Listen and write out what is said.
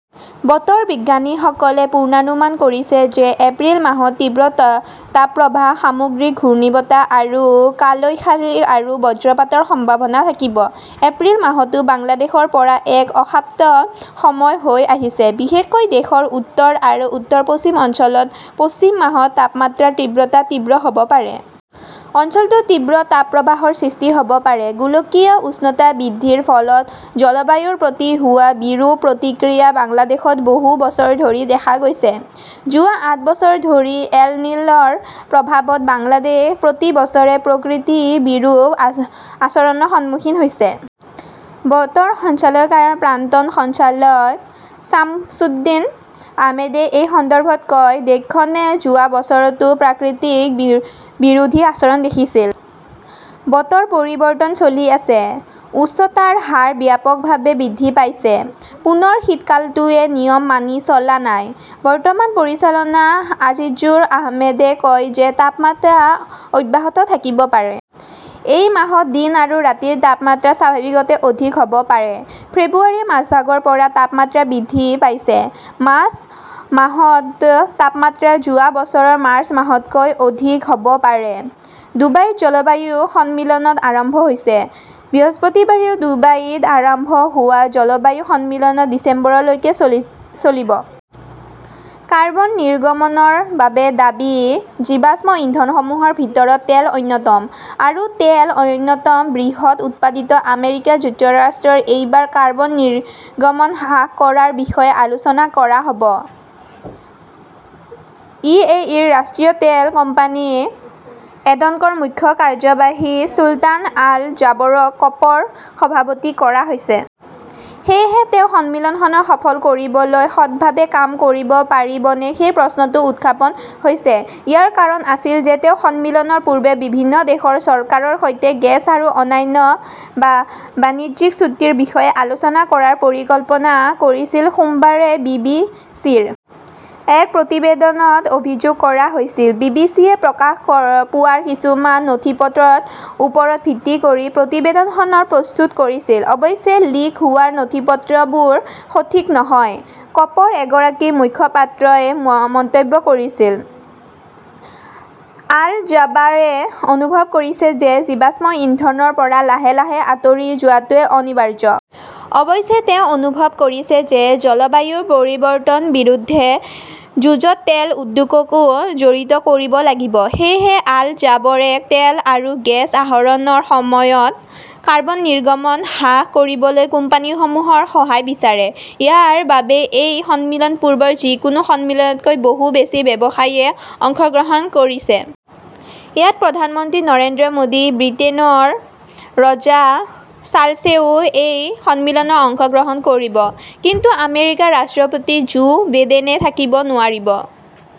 বতৰ বিজ্ঞানীসকলে পূৰ্বানুমান কৰিছে যে এপ্ৰিল মাহত তীব্ৰ ত তাপপ্ৰবাহ, সামুদ্ৰিক ঘূৰ্ণীবতাহ আৰু কালবৈশাখী আৰু বজ্ৰপাতৰ সম্ভাৱনা থাকিব। এপ্ৰিল মাহটো বাংলাদেশৰ বাবে এক অশান্ত সময় হৈ আহিছে। বিশেষকৈ দেশৰ উত্তৰ আৰু উত্তৰ-পশ্চিম অঞ্চলত এপ্ৰিল মাহত তাপমাত্ৰাৰ তীব্ৰতা তীব্ৰ হব পাৰে। অঞ্চলটোত তীব্ৰ তাপপ্ৰবাহৰ সৃষ্টি হব পাৰে। গোলকীয় উষ্ণতা বৃদ্ধিৰ ফলত জলবায়ুৰ প্ৰতি হোৱা বিৰূপ প্ৰতিক্ৰিয়া বাংলাদেশত বহু বছৰ ধৰি দেখা গৈছে। যোৱা আঠ বছৰ ধৰি এল-নিন "ৰ প্ৰভাৱত বাংলাদেশ প্ৰতি বছৰে প্ৰকৃতিৰ বিৰূপ আচৰণৰ সন্মুখীন হৈছে। বতৰ সঞ্চালকায়ৰ প্ৰাক্তন সঞ্চালক ছামছুদ্দিন আহমেদে এই সন্দৰ্ভত কয় দেশখনে যোৱা বছৰো প্ৰকৃতিৰ বি বিৰোধী আচৰণ দেখিছিল। বতৰ পৰিৱৰ্তন চলি আছে । উষ্ণতাৰ হাৰ ব্যাপকভাৱে বৃদ্ধি পাইছে। পুনৰ শীতকালটোৱে নিয়ম মানি চলা নাই। বৰ্তমান পৰিচালনা আজিজুৰ ৰহমানে কয় যে তাপমাত্ৰা অব্যাহত থাকিব পাৰে। এই মাহত দিন আৰু ৰাতিৰ তাপমাত্ৰা স্বাভাৱিকতকৈ অধিক হব পাৰে। ফেব্ৰুৱাৰীৰ মাজভাগৰ পৰা তাপমাত্ৰা বৃদ্ধি পাইছে। মাৰ্চ মাহত তাপমাত্ৰা যোৱা বছৰৰ মাৰ্চ মাহতকৈ অধিক হব পাৰে। ডুবাইত জলবায়ু সন্মিলন আৰম্ভ হৈছে । বৃহস্পতিবাৰে ডুবাইত আৰম্ভ হোৱা জলবায়ু সন্মিলন ডিচেম্বৰলৈকে চল চলিব। কাৰ্বন নিৰ্গমনৰ বাবে দায়ী জীৱাশ্ম ইন্ধনসমূহৰ ভিতৰত তেল অন্যতম। আৰু তেলৰ অন্যতম বৃহৎ উৎপাদক আমেৰিকা যুক্তৰাষ্ট্ৰত এইবাৰ কাৰ্বন নিৰ্গমন হ্ৰাস কৰাৰ বিষয়ে আলোচনা কৰা হ'ব। ই.এ.ইৰ ৰাষ্ট্ৰীয় তেল কোম্পানী এডনকৰ মুখ্য কাৰ্যবাহী চুলতান আল জাবৰক ক'পৰ সভাপতি কৰা হৈছে। সেয়েহে তেওঁ সন্মিলনখনৰ সফল কৰিবলৈ সৎভাৱে কাম কৰিব পাৰিবনে সেই প্ৰশ্নটো উত্থাপন হৈছে। ইয়াৰ কাৰণ আছিল যে তেওঁ সন্মিলনৰ পূৰ্বে বিভিন্ন দেশৰ চৰকাৰৰ সৈতে গেছ আৰু অন্যান্য বা বাণিজ্যিক চুক্তিৰ বিষয়ে আলোচনা কৰাৰ পৰিকল্পনা কৰিছিল, সোমবাৰে বি.বি.চিৰ এক প্ৰতিবেদনত অভিযোগ কৰা হৈছিল। বি.বি.চিয়ে প্ৰকাশ পোৱা কিছুমান নথিপত্ৰৰ ওপৰত ভিত্তি কৰি প্ৰতিবেদনখন প্ৰস্তুত কৰিছিল। অৱশ্যে, লিক হোৱা নথিপত্ৰবোৰ 'সঠিক নহয়, ক'পৰ এগৰাকী মুখপাত্ৰই মন্তব্য কৰিছিল। আল-জাবাৰে অনুভৱ কৰে যে জীৱাশ্ম ইন্ধনৰ পৰা লাহে লাহে আঁতৰি যোৱাটো 'অনিবাৰ্য'। অৱশ্যে, তেওঁ অনুভৱ কৰে যে জলবায়ু পৰিৱৰ্তনৰ বিৰুদ্ধে যুঁজত তেল উদ্যোগকো জড়িত কৰিব লাগিব। সেয়েহে আল-জাবৰে তেল আৰু গেছ আহৰণৰ সময়ত কাৰ্বন নিৰ্গমন হ্ৰাস কৰিবলৈ কোম্পানীসমূহৰ সহায় বিচাৰে। ইয়াৰ বাবেই এই সন্মিলনত পূৰ্বৰ যিকোনো সন্মিলনতকৈ বহু বেছি ব্যৱসায়ীয়ে অংশগ্ৰহণ কৰিছে। ইয়াত প্ৰধানমন্ত্ৰী নৰেন্দ্ৰ মোদী, ব্ৰিটেইনৰ ৰজা চাৰ্লছেও এই সন্মিলনত অংশগ্ৰহণ কৰিব। কিন্তু আমেৰিকাৰ ৰাষ্ট্ৰপতি জো বিডেনে থাকিব নোৱাৰিব।